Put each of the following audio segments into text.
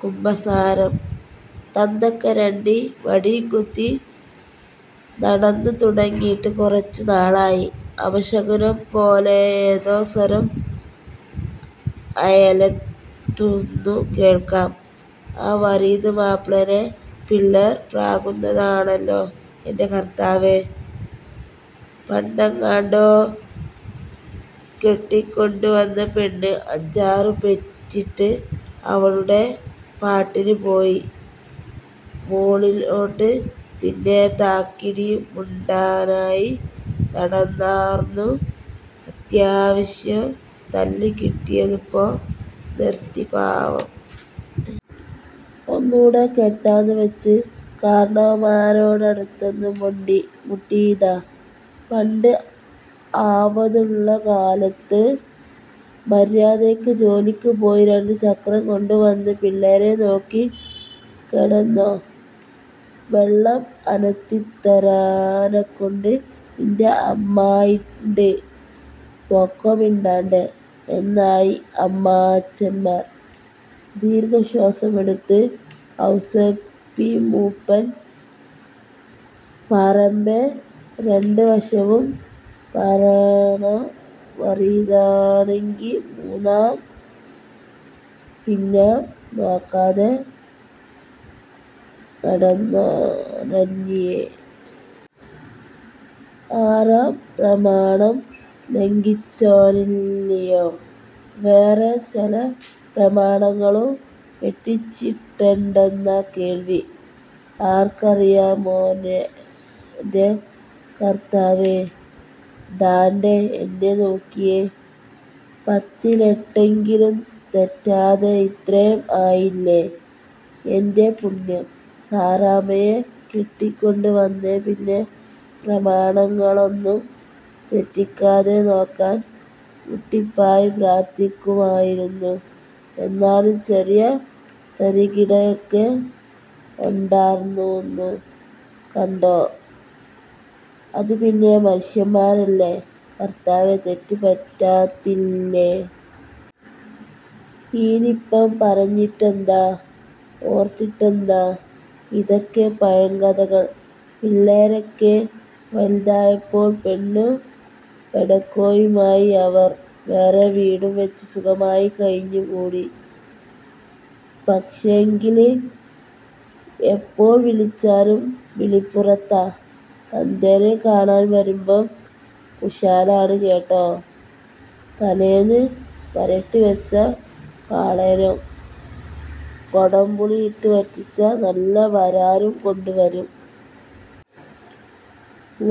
കുമ്പസാരം " തന്തക്കൊരണ്ടി വടീംകുത്തി നടന്നുതുടങ്ങീട്ട് കുറച്ചുനാളായി ". അപശകുനം പോലെയേതോ സ്വരം അയലോത്തുന്നു കേൾക്കാം. ആ വറീത് മാപ്പ്ളേനെ പിള്ളേർ പ്രാകുന്നതാണല്ലോ എന്‍റെ കർത്താവേ! പണ്ടെങ്ങാണ്ടോ കെട്ടിക്കൊണ്ടുവന്ന പെണ്ണ് അഞ്ചാറുപെറ്റിട്ട് അവളുടെ പാട്ടിനുപോയി, മേളിലോട്ട്. പിന്നെ താക്കിടിമുണ്ടനായി നടന്നാർന്നു, അത്യാവശ്യം തല്ല്കിട്ടിയപ്പോ നിർത്തി. പാവം. ഒന്നൂടെ കെട്ടാംന്ന് വച്ച് കാർന്നോമാരടടുത്തൊന്നു മുട്ടി മുട്ടീതാ, പണ്ട് ആവതൊള്ളകാലത്ത്! " മര്യാതയ്ക്ക് ജോലിക്ക് പോയി രണ്ടു ചക്രോം കൊണ്ടുവന്നു പിള്ളേരേം നോക്കി കെടന്നോ. വെള്ളം അനത്തിത്തരാനക്കൊണ്ട് നിന്‍റെ അമ്മായീണ്ട്. പൊക്കോ, മിണ്ടാണ്ടെ '', എന്നായി അമ്മാച്ചന്‍മാര്‍. ദീർഘശ്വാസമെടുത്തു ഔസേപ്പിമൂപ്പൻ. പറേമ്പേ രണ്ടുവശവും പറേണം. വറീതാണെങ്കി മുന്നംപിന്നം നോക്കാതെ നടന്നോനല്ലിയേ ആറാംപ്രമാണം ലംഘിച്ചോനല്ലിയോ. വേറേം ചെല പ്രമാണങ്ങളും വെട്ടിച്ചിട്ടൊണ്ടെന്നാ കേൾവി. ആർക്കറിയാമോനേ കർത്താവേ. ദാണ്ടേ, എന്നെ നോക്കിയേ, പത്തിലെട്ടെങ്കിലും തെറ്റാതെ ഇത്രേം ആയില്ലേ. എന്‍റെ പുണ്യം. സാറാമ്മയെ കെട്ടിക്കൊണ്ട് വന്നേപ്പിന്നെ പ്രമാണങ്ങളൊന്നും തെറ്റിക്കാതെ നോക്കാൻ മുട്ടിപ്പായി പ്രാർത്ഥിക്കുമായിരുന്നു. എന്നാലും ചെറിയ തരികിടയൊക്കെ ഒണ്ടാർന്നൂന്നു കണ്ടോ. അതുപിന്നെ മനുഷ്യമ്മാരല്യോ കർത്താവേ തെറ്റ് പറ്റാത്തില്ല്യോ? " ഇനീപ്പം പറഞ്ഞിട്ടെന്താ, ഓർത്തിട്ടെന്താ. ഇതൊക്കെ പഴംകഥകള്‍. പിള്ളേരൊക്കെ വല്തായപ്പോ പെണ്ണും പെടക്കോഴീമായി. അവര്‍ വേറെ വീടും വച്ച് സുഖായി കഴിഞ്ഞുകൂടി, പക്ഷേങ്കില്, എപ്പോ വിളിച്ചാലും വിളിപ്പുറത്താ. തന്തേനെ കാണാൻ വരുമ്പം കുശാലാണ് കേട്ടാ. തലേന്ന് വരട്ടിവച്ച കാളേനേം കൊടംപുളിയിട്ട് വറ്റിച്ച നല്ല വരാലും കൊണ്ട് വരും.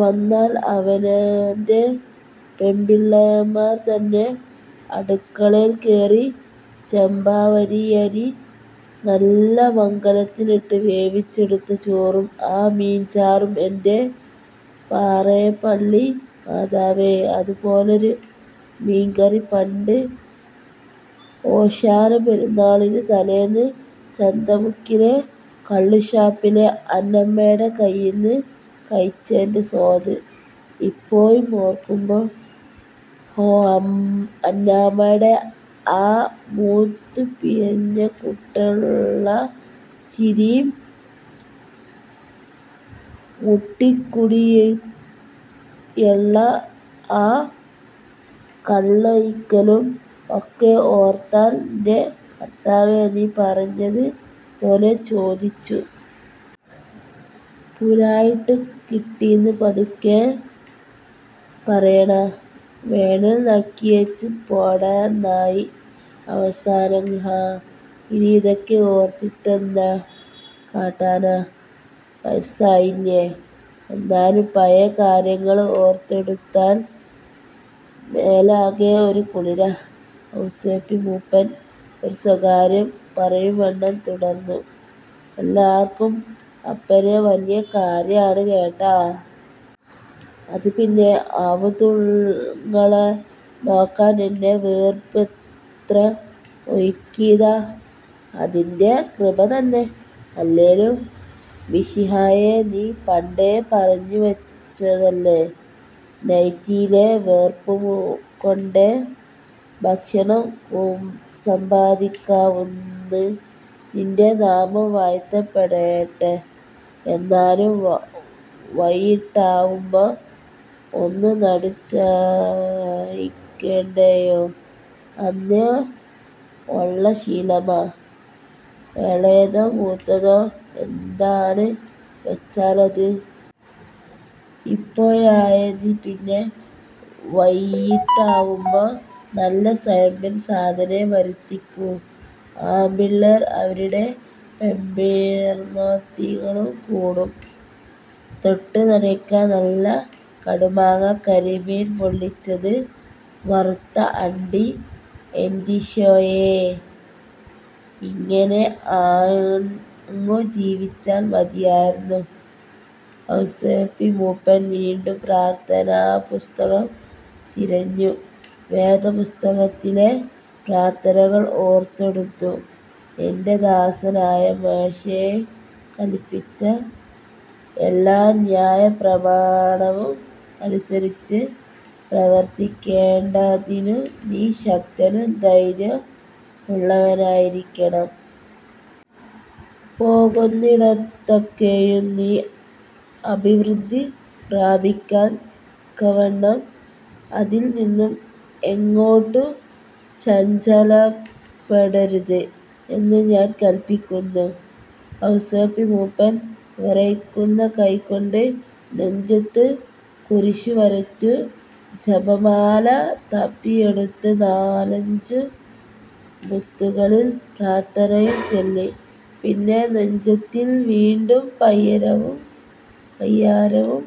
വന്നാല്‍ അവനോന്‍റെ പെമ്പിളമാർ തന്നെ അടുക്കളേല് കേറി ചമ്പാവരിയരി നല്ല മങ്കലത്തിലിട്ട് വേവിച്ചെടുത്ത ചോറും ആ മീൻചാറും, എന്‍റെ പാറേപ്പള്ളി മാതാവേ, അതുപോലൊരു മീൻകറി പണ്ട് ഓശാനപെരുന്നാളിന്‍റെ തലേന്ന്, ചന്തമുക്കിലെ കള്ളുഷാപ്പിലെ അന്നമ്മേടെ കയ്യീന്ന് കഴിച്ചേന്റെ സ്വാദ്! ഇപ്പോഴും ഓർക്കുമ്പം, ഹോ! അന്നമ്മേടെ ആ മൂത്തുവീഴണകൂട്ടേണുള്ള ചിരീം മുട്ടിക്കൂടിയൊള്ള ആ കള്ളൊഴിക്കലും ഒക്കെ ഓർത്താൽ ന്‍റെ കർത്താവേ, നീ പറഞ്ഞത് പോലെ, ചോദിച്ചു. പുലയാട്ട് കിട്ടീന്ന് പതുക്കെ പറയണാ. വേണേൽ നക്കിയേച്ച് പോടാന്നായി അവസാനം. ങ്ഹാ, ഇനി അതൊക്ക ഓർത്തിട്ടെന്നാ കാട്ടാനാ. വയസ്സായില്ല്യേ എന്നാലും പഴേ കാര്യങ്ങള് ഓർത്തെടുത്താൽ മേലാകെ ഒരു കുളിരാ ". ഔസേപ്പി മൂപ്പൻ ഒരു സ്വകാര്യം പറയുംവണ്ണം തുടർന്നു. " എല്ലാർക്കും അപ്പനെ വലിയ കാര്യാണ് കേട്ടാ. അതുപിന്നെ അവുത്തുങ്ങളെ നോക്കാൻ എന്‍റെ വേർപ്പ് എത്ര ഒഴുക്കീതാ. അതിന്‍റെ കൃപതന്നെ. അല്ലേലും മിശിഹായേ നീ പണ്ടേ പറഞ്ഞുവച്ചതല്ലേ, നൈറ്റിയിലെ വേർപ്പുകൊണ്ടേ ഭക്ഷണം സമ്പാദിക്കാവൂന്ന്. നിന്‍റെ നാമം വാഴ്ത്തപ്പെടേട്ടെ. എന്നാലും വയ്യിട്ടാവുമ്പം ഒന്നു നടു ചായ്ക്കണ്ടായോ? അന്നേ ഒള്ള ശീലമാ, എളേതോ മൂത്തതോ എന്താന്ന് വച്ചാലത്. ഇപ്പോഴായതീപിന്നെ വയ്യിട്ടാവുമ്പം നല്ല സൊയമ്പൻ സാധനോം വരുത്തിക്കും ആമ്പിള്ളേർ. അവരിടെ പെമ്പറൊന്നോത്തികളും കൂടും. തൊട്ട്നനക്കാൻ നല്ല കടുമാങ്ങ, കരിമീൻ പൊള്ളിച്ചത്, വറുത്ത അണ്ടി, എന്റീശോയേ ഇങ്ങനെ ആങ്ങു ജീവിച്ചാൽ മതിയാർന്നു ". ഔസേപ്പിമൂപ്പൻ വീണ്ടും പ്രാർത്ഥനാപുസ്തകം തിരഞ്ഞു. വേദപുസ്തകത്തിലെ പ്രാർത്ഥനകൾ ഓർത്തെടുത്തു. " എന്‍റെ ദാസനായ മേശെ കല്പിച്ച എല്ലാ ന്യായപ്രമാണവും അനുസരിച്ചു പ്രവർത്തിക്കേണ്ടതിനു നീ ശക്തനും ധൈര്യവുമുള്ളവനായിരിക്കേണം. പോകുന്നിടത്തൊക്കെയും നീ അഭിവൃദ്ധി പ്രാപിക്കക്കവണ്ണം അതിൽനിന്നു എങ്ങോട്ടും ചഞ്ചലപ്പെടരുത് എന്നും ഞാൻ കല്പിക്കുന്നു ". ഔസേപ്പിമൂപ്പൻ വിറയ്ക്കുന്ന കൈകൊണ്ട് നെഞ്ചത്തു കുരിശുവരച്ചു. ജപമാല തപ്പിയെടുത്തു നാലഞ്ചു മുത്തുകളിൽ പ്രാർത്ഥനയും ചൊല്ലി. പിന്നെ നഞ്ചത്തിൽ വീണ്ടും പൈരവും പയ്യാരവും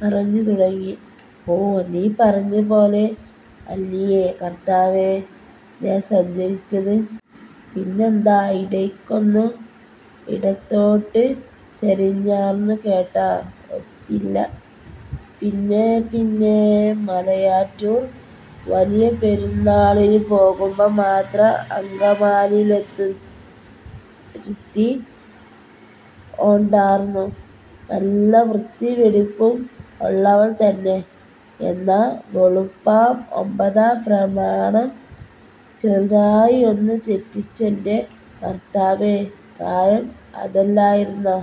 പറഞ്ഞു തുടങ്ങി. " ഓ, നീ പറഞ്ഞത്പോലെ അല്ലിയോ കർത്താവേ ഞാൻ സഞ്ചരിച്ചത്! പിന്നെന്താ, ഇടയ്ക്കൊന്നു എടത്തോട്ട് ചരിഞ്ഞാർന്നു കേട്ടാ. ഒത്തില്ല. പിന്നെപ്പിന്നെ, മലയാറ്റൂര്‍ വലിയപെരുന്നാളിൽ പോകുമ്പം മാത്രം, അങ്കമാലീലെത്തു ലൊരുത്തി ഒണ്ടാർന്നു. നല്ല വൃത്തീം വെടിപ്പും ഒള്ളവൾ തന്നെ. എന്നാ വെളുപ്പാ, ഒമ്പതാം പ്രമാണം ചെറുതായി ഒന്നു തെറ്റിച്ചെന്റെ കർത്താവേ. പ്രായം അതല്ലായിരുന്നോ.